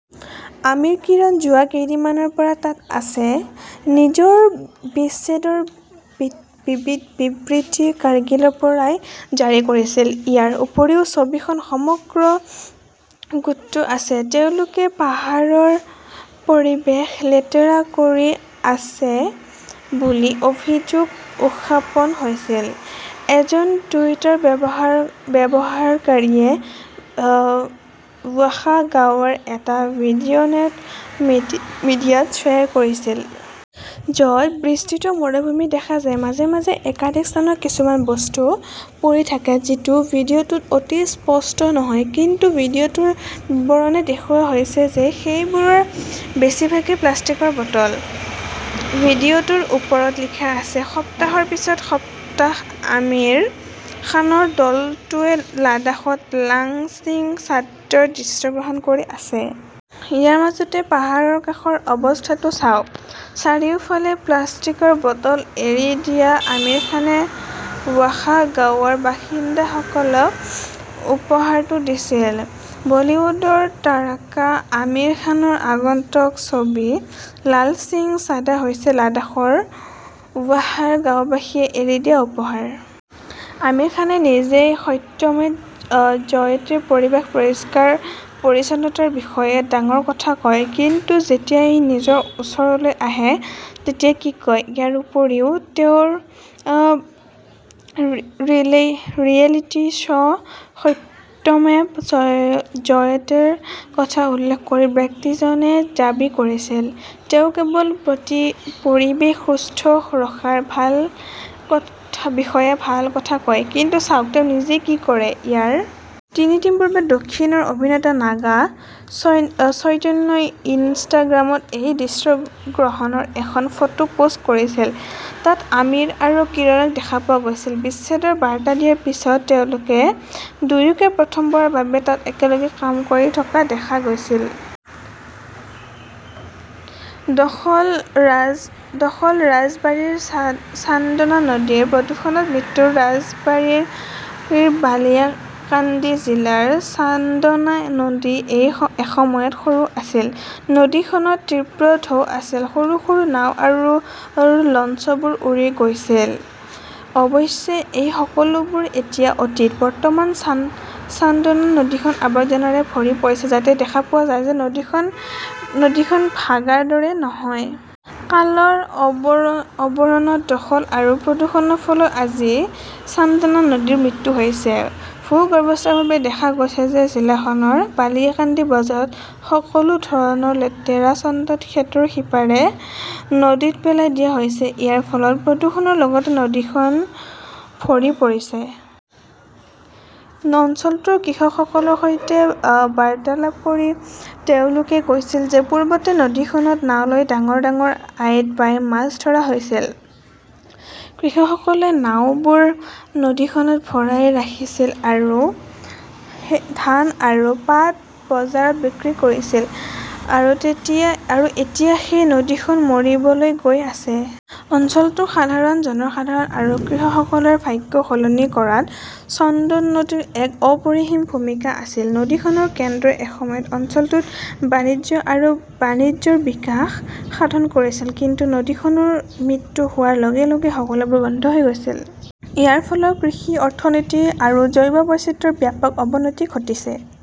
আমিৰ, কিৰণ যোৱা কেইদিনমানৰ পৰা তাত আছে। নিজৰ বিচ্ছেদৰ বিবৃতি কাৰ্গিলৰ পৰাই জাৰি কৰিছিল। ইয়াৰ উপৰিও ছবিখনৰ সমগ্ৰ গোটটো আছে। তেওঁলোকে পাহাৰৰ পৰিৱেশ লেতেৰা কৰি আছে বুলি অভিযোগ উত্থাপন হৈছিল। এজন টুইটাৰ ব্যৱহাৰকাৰীয়ে ৱাখা গাঁৱৰ এটা ভিডিঅনেট মিডিয়াত শ্বেয়াৰ কৰিছিল। য'ত বিস্তৃত মৰুভূমি দেখা যায়। মাজে মাজে একাধিক স্থানত কিছুমান বস্তু পৰি থাকে। যিটো ভিডিঅটোত অতি স্পষ্ট নহয়। কিন্তু ভিডিঅটোৰ বিৱৰণে দেখুৱাইছে যে সেইবোৰৰ বেছিভাগেই প্লাষ্টিকৰ বটল। ভিডিঅ'টোৰ ওপৰত লিখা আছে, সপ্তাহৰ পিছত সপ্তাহ আমিৰ খানৰ দলটোৱে লাডাখত লাল সিং চাড্ডাৰ দৃশ্যগ্ৰহণ কৰি আছে। ইয়াৰ মাজতে পাহাৰৰ কাষৰ অৱস্থাটো চাওক। চাৰিওফালে প্লাষ্টিকৰ বটল এৰি দিয়া। আমিৰ খানে ৱাখা গাঁৱৰ বাসিন্দাসকলক উপহাৰটো দিছিল। বলীউডৰ তাৰকা আমিৰ খানৰ আগন্তুক ছবি লাল সিং চাডা হৈছে লাডাখৰ ৱাখাৰ গাওঁবাসীয়ে এৰি দিয়া উপহাৰ। আমিৰ খানে নিজেই সত্যমেভ জয়তেৰ পৰিৱেশ পৰিষ্কাৰ-পৰিচ্ছন্নতাৰ বিষয়ে ডাঙৰ কথা কয় কিন্তু যেতিয়া ই নিজৰ ওচৰলৈ আহে তেতিয়া কি হয়। ইয়াৰ উপৰিও তেওঁৰ ৰিয়েলিটি শ্ব সত্যমেব জয়তেৰ কথা উল্লেখ কৰি ব্যক্তিজনৱে দাবী কৰিছিল, তেওঁ কেৱল পৰিৱেশ সুস্থ ৰখাৰ বিষয়ে ভাল কথা কয়, কিন্তু চাওক তেওঁ নিজে কি কৰে। ইয়াৰ তিনি দিন পূৰ্বে দক্ষিণৰ অভিনেতা নাগা চৈতন্যই ইনষ্টাগ্ৰামত এই দৃশ্যগ্ৰহণৰ এখন ফটো পোষ্ট কৰিছিল। তাত আমিৰ আৰু কিৰণক দেখা পোৱা গৈছিল। বিচ্ছেদৰ বাৰ্তা দিয়াৰ পিছত তেওঁলোক দুয়োকে প্ৰথমবাৰৰ বাবে তাত একেলগে কাম কৰি থকা দেখা গৈছিল। দখল ৰাজবাৰীৰ চান্দনা নদীৰ প্ৰদূষণত মৃত্যু ৰাজবাৰীৰ বালিয়াকান্দি জিলাৰ চান্দনা নদী এসময়ত সৰু আছিল। নদীখনত তীব্ৰ ঢৌ আছিল। সৰু - সৰু নাও আৰু লঞ্চবোৰ উৰি গৈছিল। অৱশ্যে, এই সকলোবোৰ এতিয়া অতীত। বৰ্তমান, চান্দনা নদীখন আৱৰ্জনাৰে ভৰি পৰিছে যাতে দেখা পোৱা যায় যে নদীখন ভাগাৰ দৰে নহয়। কালৰ আৱৰণত দখল আৰু প্ৰদূষণৰ ফলত আজি চান্দনা নদীৰ মৃত্যু হৈছে। ভূগৰ্ভস্থভাৱে দেখা গৈছে যে জিলাখনৰ বালিয়াকান্দি বজাৰত সকলো ধৰণৰ লেতেৰা চন্দন সেতুৰ সিপাৰে নদীত পেলাই দিয়া হৈছে। ইয়াৰ ফলত প্ৰদূষণৰ লগতে নদীখন ভৰি পৰিছে। অঞ্চলটোৰ কৃষকসকলৰ সৈতে বাৰ্তালাপ কৰি তেওঁলোকে কৈছিল যে পূৰ্বতে নদীখনত নাও লৈ ডাঙৰ - ডাঙৰ আইড, বাইম মাছ ধৰা হৈছিল। কৃষকসকলে নাওবোৰ নদীখনত ভৰাই ৰাখিছিল আৰু ধান আৰু পাট বজাৰত বিক্ৰী কৰিছিল। আৰু এতিয়া সেই নদীখন মৰিবলৈ গৈ আছে। অঞ্চলটোৰ সাধাৰণ জনসাধাৰণ আৰু কৃষকসকলৰ ভাগ্য সলনি কৰাত চন্দন নদীৰ এক অপৰিসীম ভূমিকা আছিল। নদীখনৰ কেন্দ্ৰই এসময়ত অঞ্চলটোত বাণিজ্য আৰু বাণিজ্যৰ বিকাশ সাধন কৰিছিল। কিন্তু নদীখনৰ মৃত্যু হোৱাৰ লগে - লগে সকলোবোৰ বন্ধ হৈ গৈছে। ইয়াৰ ফলত কৃষি অৰ্থনীতি আৰু জৈৱ বৈচিত্ৰ্যৰ ব্যাপক অৱনতি ঘটিছে।